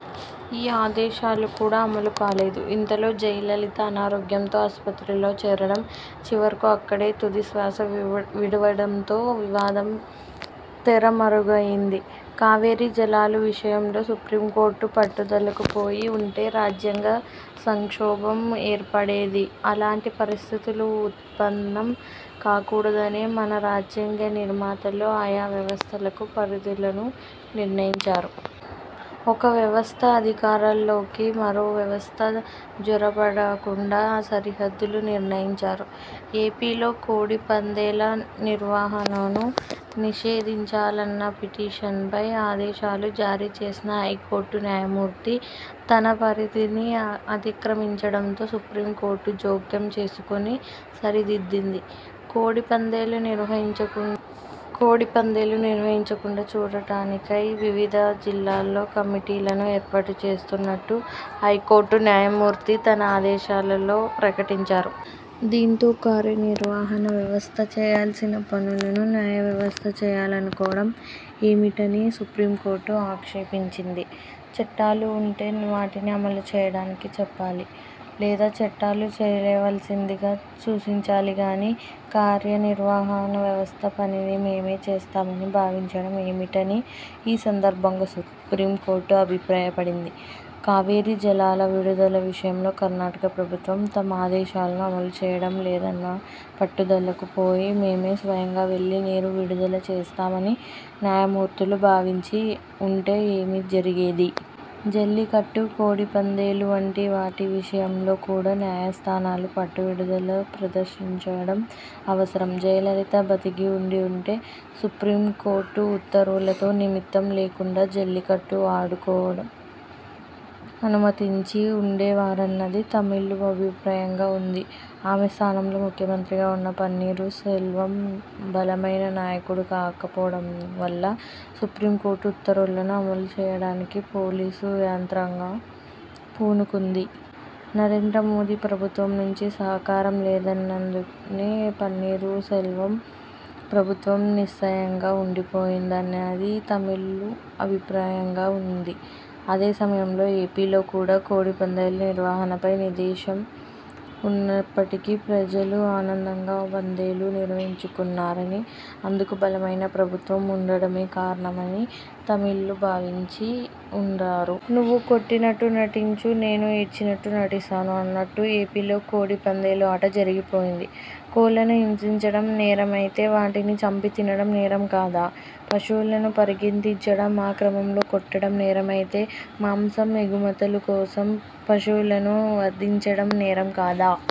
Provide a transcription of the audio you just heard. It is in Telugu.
ఈ ఆదేశాలు కూడా అమలుకాలేదు. ఇంతలో జయలలిత అనారోగ్యంతో ఆసుపత్రిలో చేరడం, చివరకు అక్కడే తుదిశ్వాస విడవడంతో వివాదం తెరమరుగయింది. కావేరీ జలాల విషయంలో సుప్రీంకోర్టు పట్టుదలకు పోయి ఉంటే రాజ్యాంగ సంక్షోభం ఏర్పడేది. అలాంటి పరిస్థితులు ఉత్పన్నం కాకూడదనే మన రాజ్యాంగ నిర్మాతలు ఆయా వ్యవస్థలకు పరిధులను నిర్ణయించారు. ఒక వ్యవస్థ అధికారాల్లోకి మరో వ్యవస్థ జొరబడకుండా సరిహద్దులు నిర్ణయించారు. ఏపీలో కోడి పందేల నిర్వహణను నిషేధించాలన్న పిటిషన్పై ఆదేశాలు జారీ చేసిన హైకోర్టు న్యాయమూర్తి తన పరిధిని అతిక్రమించడంతో సుప్రీంకోర్టు జోక్యం చేసుకుని సరిదిద్దింది. కోడి పందేలు నిర్వహించకుండా చూడటానికై వివిధ జిల్లాలలో కమిటీలను ఏర్పాటుచేస్తున్నట్టు హైకోర్టు న్యాయమూర్తి తన ఆదేశాలలో ప్రకటించారు. దీంతో కార్యనిర్వాహక వ్యవస్థ చేయాల్సిన పనులను న్యాయ వ్యవస్థ చేయాలనుకోవడం ఏమిటని సుప్రీంకోర్టు ఆక్షేపించింది. చట్టాలు ఉంటే వాటిని అమలుచేయాలని చెప్పాలి. లేదా చట్టాలు చేయవలసిందిగా సూచించాలి గానీ కార్యనిర్వాహక వ్యవస్థ పనిని మేమే చేస్తామని భావించడం ఏమిటని ఈ సందర్భంగా సుప్రీంకోర్టు అభిప్రాయపడింది. కావేరీ జలాల విడుదల విషయంలో కర్ణాటక ప్రభుత్వం తమ ఆదేశాలను అమలుచేయడం లేదన్న పట్టుదలకు పోయి మేమే స్వయంగా వెళ్లి నీరు విడుదల చేస్తామని న్యాయమూర్తులు భావించి ఉంటే ఏమి జరిగేది? జల్లికట్టు, కోడి పందేలు వంటి వాటి విషయంలో కూడా న్యాయస్థానాలు పట్టువిడుపులు ప్రదర్శించడం అవసరం. జయలలిత బతికి ఉండి ఉంటే సుప్రీంకోర్టు ఉత్తర్వులతో నిమిత్తం లేకుండా జల్లికట్టు ఆడుకోవడానికి అనుమతించి ఉండేవారన్నది తమిళుల అభిప్రాయంగా ఉంది. ఆమె స్థానంలో ముఖ్యమంత్రిగా ఉన్న పన్నీరు సెల్వం బలమైన నాయకుడు కాకపోవడం వల్ల సుప్రీంకోర్టు ఉత్తర్వులను అమలుచేయడానికి పోలీసు యంత్రాంగం పూనుకుంది. నరేంద్ర మోదీ ప్రభుత్వం నుంచి సహకారం లేనందునే పన్నీరు సెల్వం ప్రభుత్వం నిస్సహాయంగా ఉండిపోయిందన్నది తమిళుల అభిప్రాయంగా ఉంది. అదే సమయంలో ఏపీలో కూడా కోడి పందేల నిర్వహణపై నిషేధం ఉన్నప్పటికీ ప్రజలు ఆనందంగా పందేలు నిర్వహించుకున్నారనీ, అందుకు బలమైన ప్రభుత్వం ఉండటమే కారణమనీ తమిళులు భావించి ఉంటారు. 'నువ్వు కొట్టినట్టు నటించు----– నేను ఏడ్చినట్టు నటిస్తాను' అన్నట్టుగా ఏపీలో కోడి పందేల ఆట జరిగిపోయింది. కోళ్లను హింసించడం నేరమైతే వాటిని చంపి తినడం నేరం కాదా? పశువులను పరిగెత్తించడం, ఆ క్రమంలో కొట్టడం నేరమైతే మాంసం ఎగుమతుల కోసం పశువులను వధించడం నేరం కాదా?